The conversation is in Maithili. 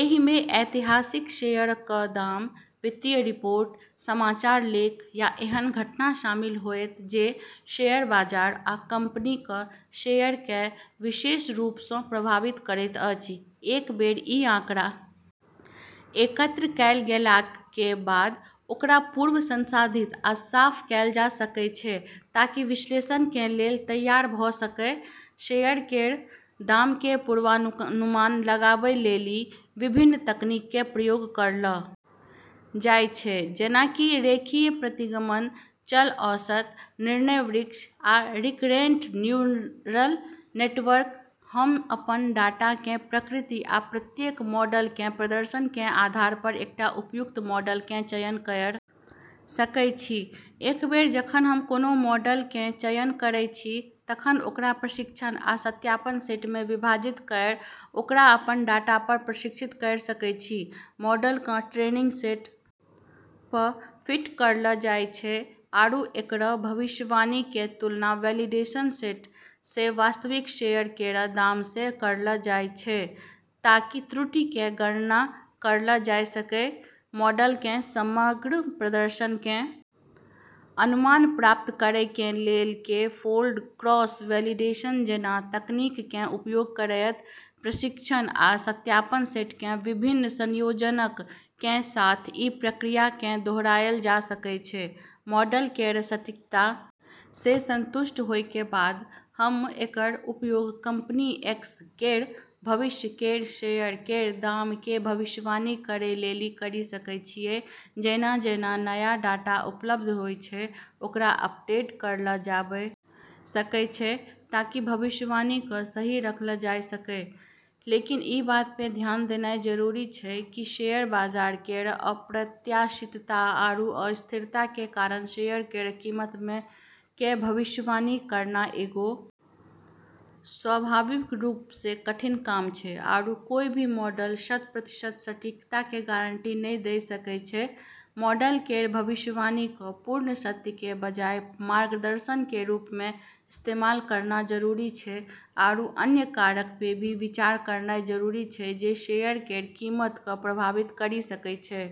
एहि मे ऐतिहासिक शेयर क दाम, वित्तीय रिपोर्ट, समाचार लेख या एहन घटना शामिल होएत जे शेयर बाजार या कंपनी क शेयर कए विशेष रूप स प्रभावित करैत अछि, एक बेर इ आंकड़ा एकत्र कैल गेलाक कें बाद ओकरा पूर्व संसाधित आ साफ कैल जा सकय छै ताकि विश्लेषण कें लेल तैयार भ सकय, शेयर केरऽ दाम के पूर्वानुमान लगाबै लेली विभिन्न तकनीक के प्रयोग करलऽ जाय छै, जेना कि रेखीय प्रतिगमन, चल औसत, निर्णय वृक्ष या रिकरेंट न्यूरल नेटवर्क, हम अपन डाटा कें प्रकृति आ प्रत्येक मॉडल कें प्रदर्शन कें आधार पर एकटा उपयुक्त मॉडल कें चयन कयर सकय छी, एक बेर जखन हम कोनों मॉडल कें चयन करय छी तखन ओकरा प्रशिक्षण आ सत्यापन सेट मे विभाजित कयर ओकरा अपन डाटा पर प्रशिक्षित कयर सकय छी, मॉडल कं ट्रेनिंग सेट प॑ फिट करलऽ जाय छै आरू एकरऽ भविष्यवाणी के तुलना वैलिडेशन सेट से वास्तविक शेयर केरऽ दाम से करलऽ जाय छै ताकि त्रुटि के गणना करलऽ जाय सकै, मॉडल कें समग्र प्रदर्शन कें अनुमान प्राप्त करय कें लेल के फोल्ड क्रॉस वैलिडेशन जैना तकनीक कें उपयोग करयत प्रशिक्षण आ सत्यापन सेट कें विभिन्न संयोजनक कें साथ इ प्रक्रिया कें दोहराएल जा सकय छै, मॉडल केरऽ सटीकता से संतुष्ट होय के बाद हम्म एकरऽ उपयोग कंपनी एक्स केरऽ भविष्य केरऽ शेयर केरऽ दाम के भविष्यवाणी करै लेली करी सकै छियै जैना-जैना नया डाटा उपलब्ध होय छै ओकरा अपडेट करलऽ जाबै सकै छै ताकि भविष्यवाणी क सही रखलऽ जाय सकै, लेकिन ई बात पे ध्यान देनाय जरूरी छै कि शेयर बाजार केरऽ अप्रत्याशितता आरू अस्थिरता के कारण शेयर केरऽ कीमत के भविष्यवाणी करना एगो स्वाभाविक रूप से कठिन काम छै, आरू कोय भी मॉडल शत प्रतिशत सटीकता के गारंटी नै दै सकै छै, मॉडल केरऽ भविष्यवाणी क पूर्ण सत्य के बजाय मार्गदर्शन के रूप मे इस्तेमाल करना जरूरी छै आरू अन्य कारकऽ पे भी विचार करनाय जरूरी छै जे शेयर केरऽ कीमत क प्रभावित करी सकै छै।